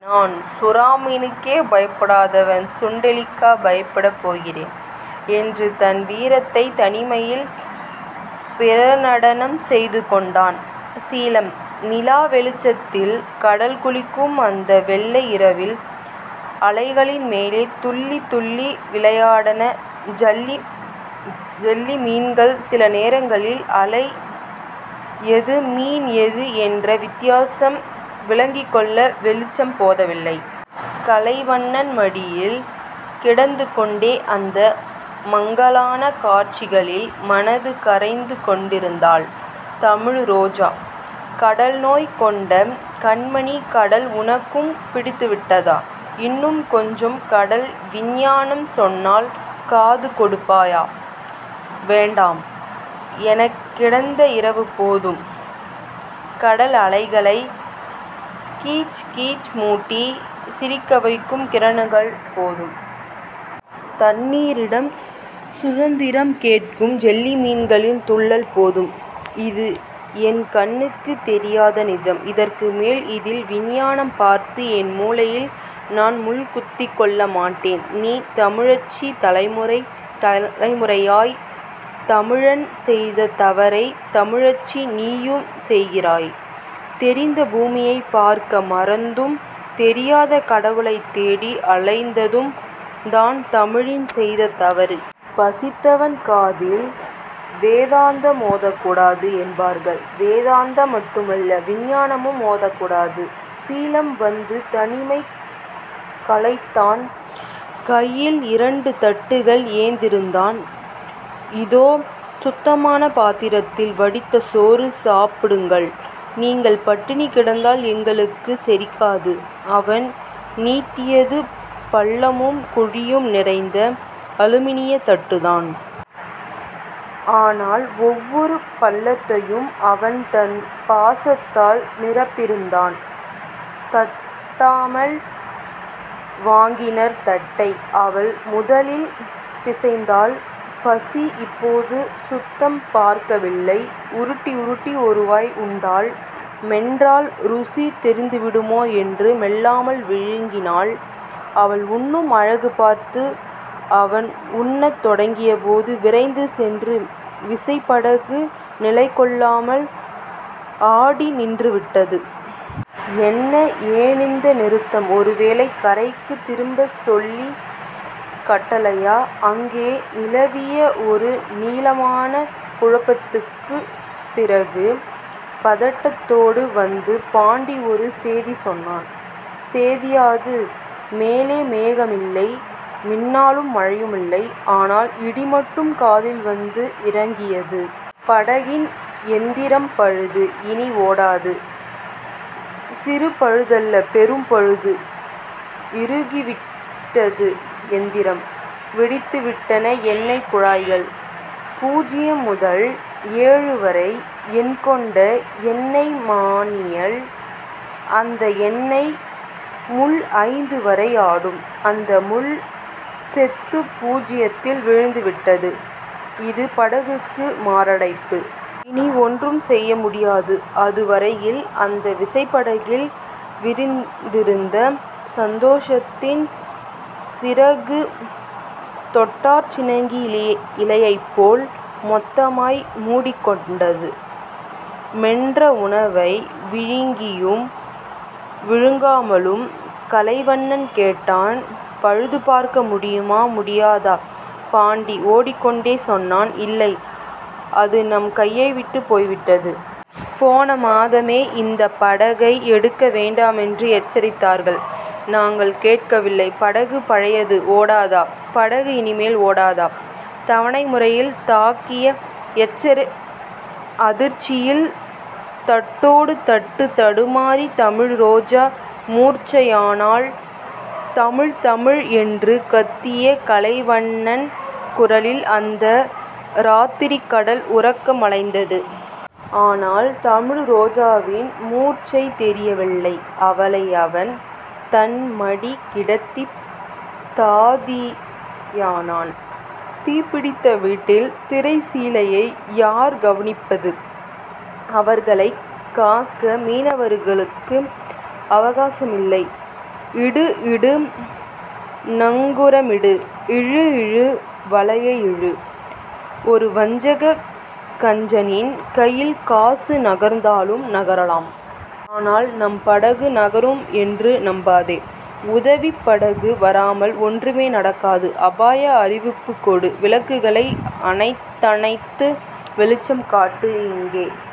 நான் சுறாமீனுக்கே பயப்படாதவன். சுண்டெலிக்கா பயப்படப் போகிறேன்..? என்று தன் வீரத்தைத் தனிமையில் பிரகடனம் செய்துகொண்டான் சலீம். நிலா வெளிச்சத்தில் கடல்குளிக்கும் அந்த வெள்ளை இரவில் அலைகளின் மேலே துள்ளித் துள்ளி விளையாடின ஜெல்லி மீன்கள். சில நேரங்களில் அலை எது, மீன் எது என்ற வித்தியாசம் விளங்கிக்கொள்ள வெளிச்சம் போதவில்லை. கலைவண்ணன் மடியில் கிடந்துகொண்டே அந்த மங்கலான காட்சிகளில் மனது கரைந்து கொண்டிருந்தாள் தமிழ்ரோஜா. கடல்நோய் கொண்ட கண்மணி. கடல் உனக்கும் பிடித்துவிட்டதா..? இன்னும் கொஞ்சம் கடல் விஞ்ஞானம் சொன்னால் காது கொடுப்பாயா..? வேண்டாம்... எனக்கிந்த இரவுபோதும். கடல் அலைகளைக் கிச்சுக்கிச்சு முட்டிச் சிரிக்கவைக்கும் கிரணங்கள் போதும். தண்ணீரிடம் சுதந்திரம் கேட்கும் ஜெல்லிமீன்களின் துள்ளல் போதும். இது என் கண்ணுக்குத் தெரிந்த நிஜம். இதற்குமேல் இதில் விஞ்ஞானம் பார்த்து, என் முளையில் நான் முள் குத்திக்கொள்ள மாட்டேன்... நீ தமிழச்சி. தலைமுறை தலைமுறையாய்த் தமிழன் செய்த தவறைத் தமிழச்சி நீயும் செய்கிறாய். தெரிந்த பூமியைப் பார்க்க மறந்ததும் தெரியாத கடவுளைத் தேடி அலைந்ததும் தான் தமிழன் செய்த தவறு. பசித்தவன் காதில் வேதாந்தம் ஓதக்கூடாது என்பார்கள். வேதாந்தம் மட்டுமல்ல. விஞ்ஞானமும் ஓதக்கூடாது... சலீம் வந்து தனிமை கலைத்தான். கையில் இரண்டு தட்டுகள் ஏந்தியிருந்தான். இதோ. சுத்தமான பாத்திரத்தில் வடித்த சோறு. சாப்பிடுங்கள்... நீங்கள் பட்டினி கிடந்தால் எங்களுக்குச் செரிக்காது... அவன் நீட்டியது பள்ளமும் குழியும் நிறைந்த அலுமினியத் தட்டுதான். ஆனால் ஒவ்வொரு பள்ளத்தையும் அவன் தன் பாசத்தால் நிரப்பியிருந்தான். தட்டாமல் வாங்கினர் தட்டை. அவள் முதலில் பிசைந்தாள். பசி இப்போது சுத்தம் பார்க்கவில்லை. உருட்டி உருட்டி ஒரு வாய் உண்டாள். மென்றால் ருசி தெரிந்துவிடுமோ என்று மெல்லாமல் விழுங்கினாள். அவள் உண்ணும் அழகுபார்த்து அவன் உண்ணத் தொடங்கியபோது, விரைந்து சென்ற விசைப்படகு நிலைகொள்ளாமல் ஆடி நின்றுவிட்டது. என்ன... ஏனிந்த நிறுத்தம்..? ஒருவேளை கரைக்குத் திருப்பச் சொல்லிக் கட்டளையா..? அங்கே நிலவிய ஒரு நீளமான குழப்பத்துக்குப் பிறகு பதட்டத்தோடு வந்து பாண்டி ஒரு சேதி சொன்னான். சேதியா அது..? மேலே மேகம் இல்லை. மின்னலும் மழையும் இல்லை. ஆனால் இடிமட்டும் காதில் வந்து இறங்கியது. படகின் எந்திரம் பழுது. இனி ஓடாது. சிறு பழுதல்ல. பெரும் பழுது. இறுகிவிட்டது எந்திரம். வெடித்துவிட்டன எண்ணெய்க் குழாய்கள். பூஜ்ஜியம் முதல் ஏழு வரை எண்கொண்ட எண்ணெய்மானியில் அந்த எண்ணெய் முள் ஐந்து வரை ஆடும். அந்த முள் செத்து பூஜயத்தில் விழுந்து விட்டது. இது படகுக்கு மாரடைப்பு. இனி ஒன்றும் செய்ய முடியாது. அதுவரையில் அந்த விசைப்படகில் விரிந்திருந்த சந்தோஷத்தின் சிறகு தொட்டாற்சிணுங்கி இலையைப் போல் மொத்தமாய் முடிக்கொண்டது. மென்ற உணவை விழுங்கியும் விழுங்காமலும் கலைவண்ணன் கேட்டான். பழுதுபார்க்க முடியுமா? முடியாதா? பாண்டி ஓடிக்கொண்டே சொன்னான். இல்லை. அது நம் கையைவிட்டுப் போய் விட்டது. போன மாதமே இந்தப் படகை எடுக்க வேண்டாமென்று எச்சரித்தார்கள். நாங்கள் கேட்கவில்லை. படகு பழையது. ஓடாதா? படகு இனிமேல் ஓடாதா? தவணை முறையில் தாக்கிய அதிர்ச்சியில் தட்டோ டு தட்டுத் தடுமாறித் தமிழ்ரோஜா முர்ச்சையானாள். தமிழ். தமிழ். என்று கத்திய கலைவண்ணன் குரலில் அந்த ராத்திரிக்கடல் உறக்கம் கலைந்தது. ஆனால் தமிழ்ரோஜாவின் முர்ச்சை தெளியவில்லை. அவளை அவன் தன் மடி கிடத்தித் தாதியானான். தீப்பிடித்த வீட்டில் திரைச்சீலையை யார் கவனிப்பது? அவர்களைக் காக்க மீனவர்களுக்கு அவகாசமில்லை. இடு. இடு. நங்கூரமிடு. இழு. இழு. வலையை இழு. ஒரு வஞ்சகக் கஞ்சனின் கையில் காசு நகர்ந்தாலும் நகரலாம். ஆனால் நம் படகு நகரும் என்று நம்பாதே. உதவிப் படகு வராமல் ஒன்றுமே நடக்காது. அபாய அறிவிப்புக் கொடு. விளக்குகளை அணைத்தணைத்து வெளிச்சம் காட்டு. இங்கே